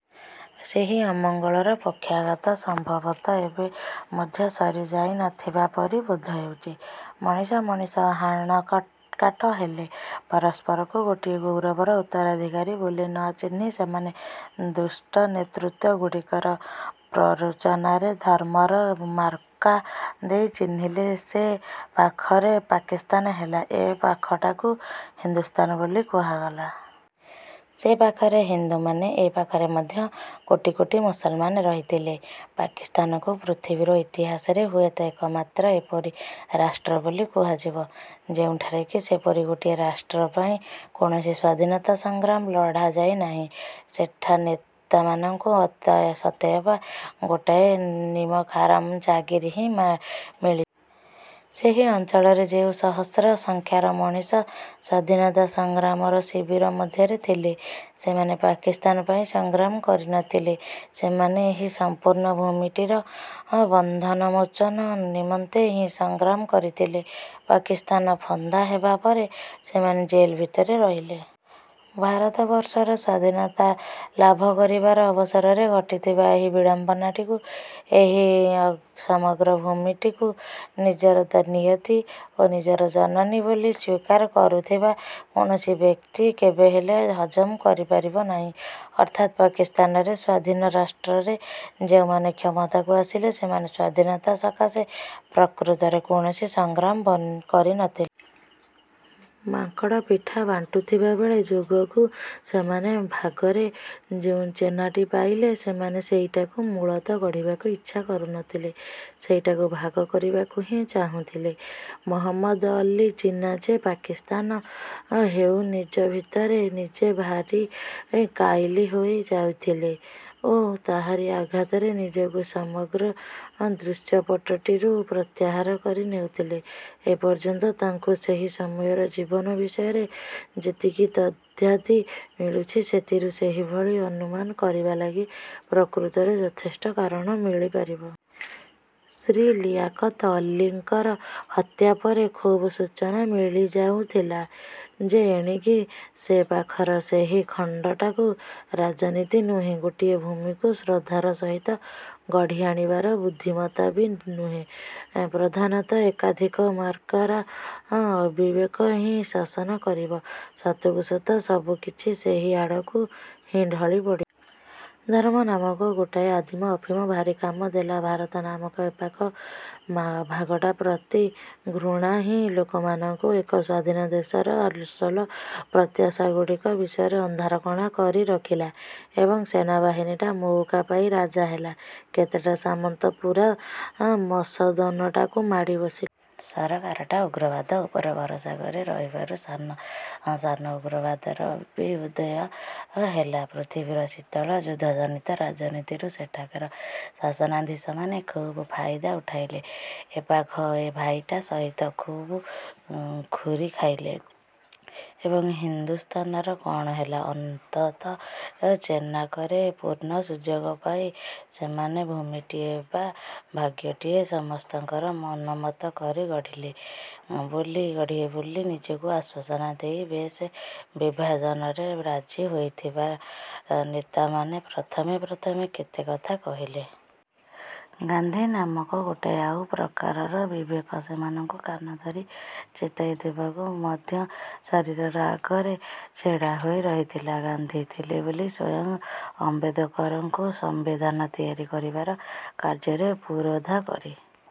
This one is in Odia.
ସେହି ଅମଙ୍ଗଳର କଷାଘାତ ସମ୍ଭବତଃ ଏବେ ମଧ୍ୟ ସରି ଯାଇନଥିବା ପରି ବୋଧ ହେଉଛି। ମଣିଷ ମଣିଷ ହାଣକାଟ ହେଲେ। ପରସ୍ପରକୁ ଗୋଟିଏ ଗୌରବର ଉତ୍ତରାଧିକାରୀ ବୋଲି ନ ଚିହ୍ନି ସେମାନେ ଦୁଷ୍ଟ ନେତୃତ୍ଵ ଗୁଡ଼ିକର ପ୍ରରୋଚନାରେ ଧର୍ମର ମାର୍କା ଦେଇ ଚିହ୍ନିଲେ। ସେ ପାଖରେ ପାକିସ୍ତାନ ହେଲା, ଏ ପାଖଟାକୁ ହିନ୍ଦୁସ୍ତାନ ବୋଲି କୁହାଗଲା। ସେ ପାଖରେ ହିନ୍ଦୁମାନେ ଓ ଏପାଖରେ ମଧ୍ୟ କୋଟି କୋଟି ମୁସଲମାନ ରହିଥିଲେ। ପାକିସ୍ତାନକୁ ପୃଥିବୀର ଇତିହାସରେ ହୁଏତ ଏକମାତ୍ର ଏପରି ରାଷ୍ଟ୍ର ବୋଲି କୁହାଯିବ ଯେଉଁଠାରେ କି ସେପରି ଗୋଟିଏ ରାଷ୍ଟ୍ର ପାଇଁ କୌଣସି ସ୍ୱାଧୀନତା ସଂଗ୍ରାମ ଲଢ଼ାଯାଇ ନାହିଁ। ସେଠା ନେତାମାନଙ୍କୁ ସତେଅବା ଗୋଟାଏ ନିମକହାରାମ ଜାଗିରି ହିଁ ମିଳି ସେହି ଅଞ୍ଚଳରେ ଯେଉଁ ସହସ୍ର ସଂଖ୍ୟାର ମଣିଷ ସ୍ଵାଧୀନତା ସଂଗ୍ରାମର ଶିବିର ମଧ୍ୟରେ ଥିଲେ ସେମାନେ ପାକିସ୍ତାନ ପାଇଁ ସଂଗ୍ରାମ କରିନଥିଲେ, ସେମାନେ ଏହି ସମ୍ପୂର୍ଣ୍ଣ ଭୂମିଟିର ବନ୍ଧନମୋଚନ ନିମନ୍ତେ ହିଁ ସଂଗ୍ରାମ କରିଥିଲେ। ପାକିସ୍ତାନ ଫନ୍ଦା ହେବା ପରେ ସେମାନେ ଜେଲ ଭିତରେ ରହିଲେ। ଭାରତବର୍ଷର ସ୍ଵାଧୀନତା ଲାଭ କରିବାର ଅବସରରେ ଘଟିଥିବା ଏହି ବିଡ଼ମ୍ବନାଟିକୁ ଏହି ସମଗ୍ର ଭୂମିଟିକୁ ନିଜର ନିୟତି ଓ ନିଜର ଜନନୀ ବୋଲି ସ୍ୱୀକାର କରୁଥିବା କୌଣସି ବ୍ୟକ୍ତି କେବେହେଲେ ହଜମ କରିପାରିବ ନାହିଁ। ଅର୍ଥାତ୍ ପାକିସ୍ତାନରେ ସ୍ଵାଧୀନ ରାଷ୍ଟ୍ରରେ ଯେଉଁମାନେ କ୍ଷମତାକୁ ଆସିଲେ, ସେମାନେ ସ୍ୱାଧୀନତା ସକାଶେ ପ୍ରକୃତରେ କୌଣସି ସଂଗ୍ରାମ କରିନଥି। ମାଙ୍କଡ଼ ପିଠା ବାଣ୍ଟୁଥିବା ବେଳେ ଯୋଗକୁ ସେମାନଙ୍କ ଭାଗରେ ଯେଉଁ ଚେନାଟି ପାଇଲେ ସେମାନେ ସେଇଟାକୁ ମୂଳତଃ ଗଢ଼ିବାକୁ ଇଚ୍ଛା କରୁନଥିଲେ, ସେଇଟାକୁ ଭାଗ କରିବାକୁ ହିଁ ଚାହୁଥିଲେ। ମହମ୍ମଦ ଅଲ୍ଲି ଜିନ୍ନା ଯେ ପାକିସ୍ତାନ ହେଉ ନିଜ ଭିତରେ ନିଜେ ଭାରି କାଇଲି ହୋଇ ଯାଉଥିଲେ ଓ ତାହାରି ଆଘାତରେ ନିଜକୁ ସମଗ୍ର ଦୃଶ୍ୟପଟଟିରୁ ପ୍ରତ୍ୟାହାର କରି ନେଉଥିଲେ, ଏପର୍ଯ୍ୟନ୍ତ ତାଙ୍କୁ ସେହି ସମୟର ଜୀବନ ବିଷୟରେ ଯେତିକି ତଥ୍ୟାଦି ମିଳୁଛି, ସେଥିରୁ ସେହିଭଳି ଅନୁମାନ କରିବା ଲାଗି ପ୍ରକୃତରେ ଯଥେଷ୍ଟ କାରଣ ମିଳିପାରିବ। ଶ୍ରୀ ଲିଆକତ୍ ଅଲ୍ଲୀଙ୍କର ହତ୍ୟା ପରେ ଖୁବ୍ ସୂଚନା ମିଳିଯାଉଥିଲା ଯେ ଏଣିକି ସେପାଖର ସେହି ଖଣ୍ଡଟାକୁ ରାଜନୀତି ନୁହେଁ, ଗୋଟିଏ ଭୂମିକୁ ଶ୍ରଦ୍ଧାର ସହିତ ଗଢ଼ି ଆଣିବାର ବୁଦ୍ଧିମତ୍ତା ବି ନୁହେଁ, ପ୍ରଧାନତଃ ଏକାଧିକ ମାର୍କାର ଅବିବେକ ହିଁ ଶାସନ କରିବ। ସତକୁ ସତ ସବୁ କିଛି ସେହି ଆଡ଼କୁ ହଁ ଢଳି ପଡ଼ି। ଧର୍ମ ନାମକ ଗୋଟାଏ ଆଦିମ ଅଫିମ ଭାରି କାମ ଦେଲା। ଭାରତ ନାମକ ଏପାଖ ଭାଗଟା ପ୍ରତି ଘୃଣାଟା ହିଁ ଲୋକମାନଙ୍କୁ ଏକ ସ୍ୱାଧୀନ ଦେଶର ଅସଲ ପ୍ରତ୍ୟାଶାଗୁଡ଼ିକ ବିଷୟରେ ଅନ୍ଧାରକଣା କରି ରଖିଲା। ଏବଂ ସେନା ବାହିନୀଟା ମଉକା ପାଇ ରାଜା ହେଲା। କେତେଟା ସାମନ୍ତ ପୂରା ମସନଦଟାକୁ ମାଡ଼ି ବସି। ସରକାରଟା ଉଗ୍ରବାଦ ଉପରେ ଭରସା କରି ରହିବାରୁ ସାନ। ସାନ ଉଗ୍ରବାଦର ବି ଉଦୟ ହେଲା। ପୃଥିବୀର ଶୀତଳ ଯୁଦ୍ଧଜନିତ ରାଜନୀତିରୁ ସେଠାକାର ଶାସନାଧୀଶମାନେ ଖୁବ୍ ଫାଇଦା ଉଠାଇଲେ। ଏପାଖ ଭାଇଟା ସହିତ ଖୁବ ଖୁରି ଖାଇଲେ। ଏବଂ ହିନ୍ଦୁସ୍ତାନର କଣ ହେଲା? ଅନ୍ତତଃ ଚେନାକରେ ପୂର୍ଣ୍ଣ ସୁଯୋଗ ପାଇ ସେମାନେ ଭୁମିଟିଏ ବା ଭାଗ୍ୟଟିଏ ସମସ୍ତଙ୍କର ମନୋମତ କରି ଗଢ଼ିବେ ବୋଲି ନିଜକୁ ଆଶ୍ୱାସନା ଦେଇ ଦେଶ ବିଭାଜନରେ ରାଜି ହୋଇଥିବା ନେତାମାନେ ପ୍ରଥମେ ପ୍ରଥମେ କେତେ କଥା କହିଲେ। ଗାନ୍ଧୀ ନାମକ ଗୋଟାଏ ଆଉ ପ୍ରକାରର ବିବେକ ସେମାନଙ୍କୁ କାନ ଧରି ଚେତାଇ ଦେବାକୁ ମଧ୍ୟ ସଶରୀର ଆଗରେ ଛିଡ଼ା ହୋଇ ରହିଥିଲା। ଗାନ୍ଧୀ ଥିଲେ ବୋଲି ସ୍ୱୟଂ ଆମ୍ବେଦକରଙ୍କୁ ସମ୍ବିଧାନ ତିଆରି କରିବାର କାର୍ଯ୍ୟରେ ପୁରୋଧା କରି